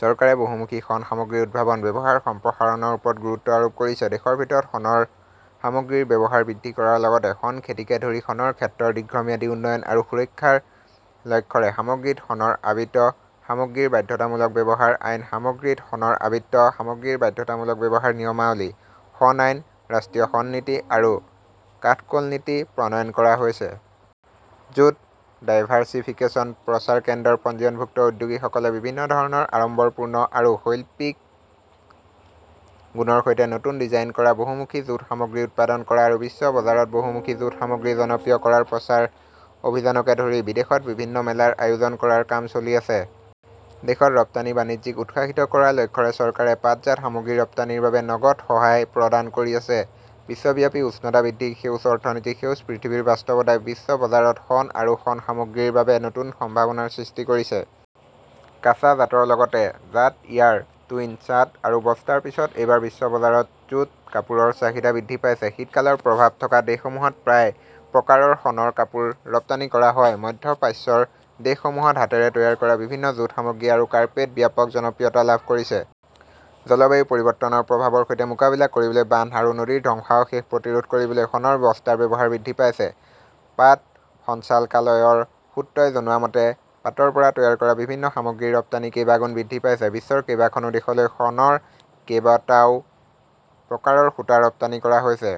চৰকাৰে বহুমুখী শণ সামগ্ৰীৰ উদ্ভাৱন, ব্যৱহাৰ সম্প্ৰসাৰণৰ ওপৰত গুৰুত্ব আৰোপ কৰিছে। দেশৰ ভিতৰত শণৰ সামগ্ৰীৰ ব্যৱহাৰ বৃদ্ধি কৰাৰ লগতে শণ খেতিকে ধৰি শণৰ ক্ষেত্ৰৰ দীৰ্ঘম্যাদী উন্নয়ন আৰু সুৰক্ষাৰ লক্ষ্যৰে 'সামগ্ৰীত শণৰ আবৃত সামগ্ৰীৰ বাধ্যতামূলক ব্যৱহাৰ আইন,' 'সামগ্ৰীত শণৰ আবৃত সামগ্ৰীৰ বাধ্যতামূলক ব্যৱহাৰ নিয়মাৱলী, ', 'শণ আইন, ', 'ৰাষ্ট্ৰীয় শণ নীতি, ' আৰু 'কাঠক'ল নীতি,' প্ৰণয়ন কৰা হৈছে। জুট ডাইভাৰ্ছিফিকেচন প্ৰচাৰ কেন্দ্ৰৰ পঞ্জীয়নভুক্ত উদ্যোগীসকলে বিভিন্ন ধৰণৰ আড়ম্বৰপূৰ্ণ আৰু শৈল্পিক গুণৰ সৈতে নতুন ডিজাইন কৰা বহুমুখী জুট সামগ্ৰী উৎপাদন কৰা আৰু বিশ্ব বজাৰত বহুমুখী জুট সামগ্ৰী জনপ্ৰিয় কৰাৰ প্ৰচাৰ অভিযানকে ধৰি বিদেশত বিভিন্ন মেলাৰ আয়োজন কৰাৰ কাম চলি আছে। দেশৰ ৰপ্তানি বাণিজ্যক উৎসাহিত কৰাৰ লক্ষ্যৰে চৰকাৰে পাটজাত সামগ্ৰীৰ ৰপ্তানিৰ বাবে নগদ সহায় প্ৰদান কৰি আছে। বিশ্বব্যাপী উষ্ণতা বৃদ্ধি, সেউজ অৰ্থনীতি, সেউজ পৃথিৱীৰ বাস্তৱতাই বিশ্ব বজাৰত শণ আৰু শণ সামগ্ৰীৰ বাবে নতুন সম্ভাৱনাৰ সৃষ্টি কৰিছে। কাঁচা জাটৰ লগতে জাট ইয়াৰ, টুইন, চাট আৰু বস্তাৰ পিছত এইবাৰ বিশ্ব বজাৰত জুট কাপোৰৰ চাহিদা বৃদ্ধি পাইছে। শীতকালৰ প্ৰভাৱ থকা দেশসমূহত প্ৰায় প্ৰকাৰৰ শণৰ কাপোৰ ৰপ্তানি কৰা হয়। মধ্য প্ৰাচ্যৰ দেশসমূহত হাতেৰে তৈয়াৰ কৰা বিভিন্ন জুট সামগ্ৰী আৰু কাৰ্পেট ব্যাপক জনপ্ৰিয়তা লাভ কৰিছে। জলবায়ু পৰিৱৰ্তনৰ প্ৰভাৱৰ সৈতে মোকাবিলা কৰিবলৈ বান্ধ আৰু নদীৰ ধ্বংসাৱশেষ প্ৰতিৰোধ কৰিবলৈ শণৰ বস্তাৰ ব্যৱহাৰ বৃদ্ধি পাইছে। পাট সঞ্চালকালয়ৰ সূত্ৰই জনোৱা মতে, পাটৰ পৰা তৈয়াৰ কৰা বিভিন্ন সামগ্ৰীৰ ৰপ্তানি কেইবাগুণ বৃদ্ধি পাইছে। বিশ্বৰ কেইবাখনো দেশলৈ শণৰ কেইবটাও প্ৰকাৰৰ সূতা ৰপ্তানি কৰা হৈছে।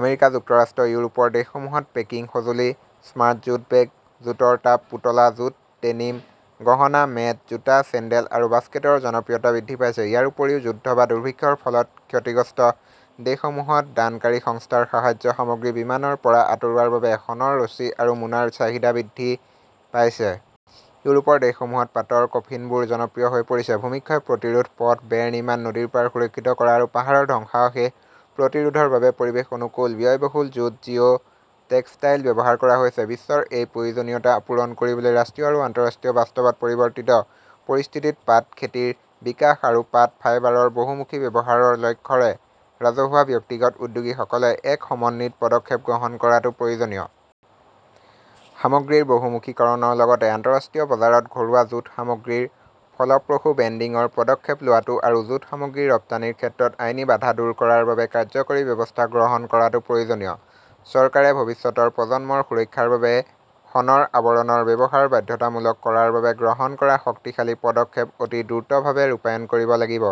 আমেৰিকা যুক্তৰাষ্ট্ৰ আৰু ইউৰোপৰ দেশসমূহত পেকিং সঁজুলি, স্মাৰ্ট জুট বেগ, জুটৰ টাব, পুতলা, জুট ডেনিম, গহনা, মেট, জোতা, চেণ্ডেল আৰু বাস্কেটৰ জনপ্ৰিয়তা বৃদ্ধি পাইছে। ইয়াৰ উপৰিও যুদ্ধ বা দুৰ্ভিক্ষৰ ফলত ক্ষতিগ্ৰস্ত দেশসমূহত দানকাৰী সংস্থাৰ সাহায্য সামগ্ৰী বিমানৰ পৰা আঁতৰোৱাৰ বাবে শণৰ ৰছী আৰু মোনাৰ চাহিদা বৃদ্ধি পাইছে। ইউৰোপৰ দেশসমূহত পাটৰ কফিনবোৰ জনপ্ৰিয় হৈ পৰিছে। ভূমিক্ষয় প্ৰতিৰোধ, পথ, বেৰ নিৰ্মাণ, নদীৰ পাৰ সুৰক্ষিত কৰা আৰু পাহাৰৰ ধ্বংসাৱশেষ প্ৰতিৰোধৰ বাবে পৰিৱেশ-অনুকূল, ব্যয়বহুল জুট জিঅ'টেক্সটাইল ব্যৱহাৰ কৰা হৈছে। বিশ্বৰ এই প্ৰয়োজনীয়তা পূৰণ কৰিবলৈ, ৰাষ্ট্ৰীয় আৰু আন্তঃৰাষ্ট্ৰীয় বাস্তৱত, পৰিৱৰ্তিত পৰিস্থিতিত পাট খেতিৰ বিকাশ আৰু পাট ফাইবাৰৰ বহুমুখী ব্যৱহাৰৰ লক্ষ্যৰে ৰাজহুৱা-ব্যক্তিগত উদ্যোগীসকলে এক সমন্বিত পদক্ষেপ গ্ৰহণ কৰাটো প্ৰয়োজনীয়। সামগ্ৰীৰ বহুমুখীকৰণৰ লগতে আন্তঃৰাষ্ট্ৰীয় বজাৰত ঘৰুৱা জুট সামগ্ৰীৰ ফলপ্ৰসূ ব্ৰেণ্ডিংৰ পদক্ষেপ লোৱাটো আৰু জুট সামগ্ৰীৰ ৰপ্তানিৰ ক্ষেত্ৰত আইনী বাধা দূৰ কৰাৰ বাবে কাৰ্যকৰী ব্যৱস্থা গ্ৰহণ কৰাটো প্ৰয়োজনীয়। চৰকাৰে ভৱিষ্যতৰ প্ৰজন্মৰ সুৰক্ষাৰ বাবে শণৰ আৱৰণৰ ব্যৱহাৰ বাধ্যতামূলক কৰাৰ বাবে গ্ৰহণ কৰা শক্তিশালী পদক্ষেপ অতি দ্ৰুতভাৱে ৰূপায়ণ কৰিব লাগিব।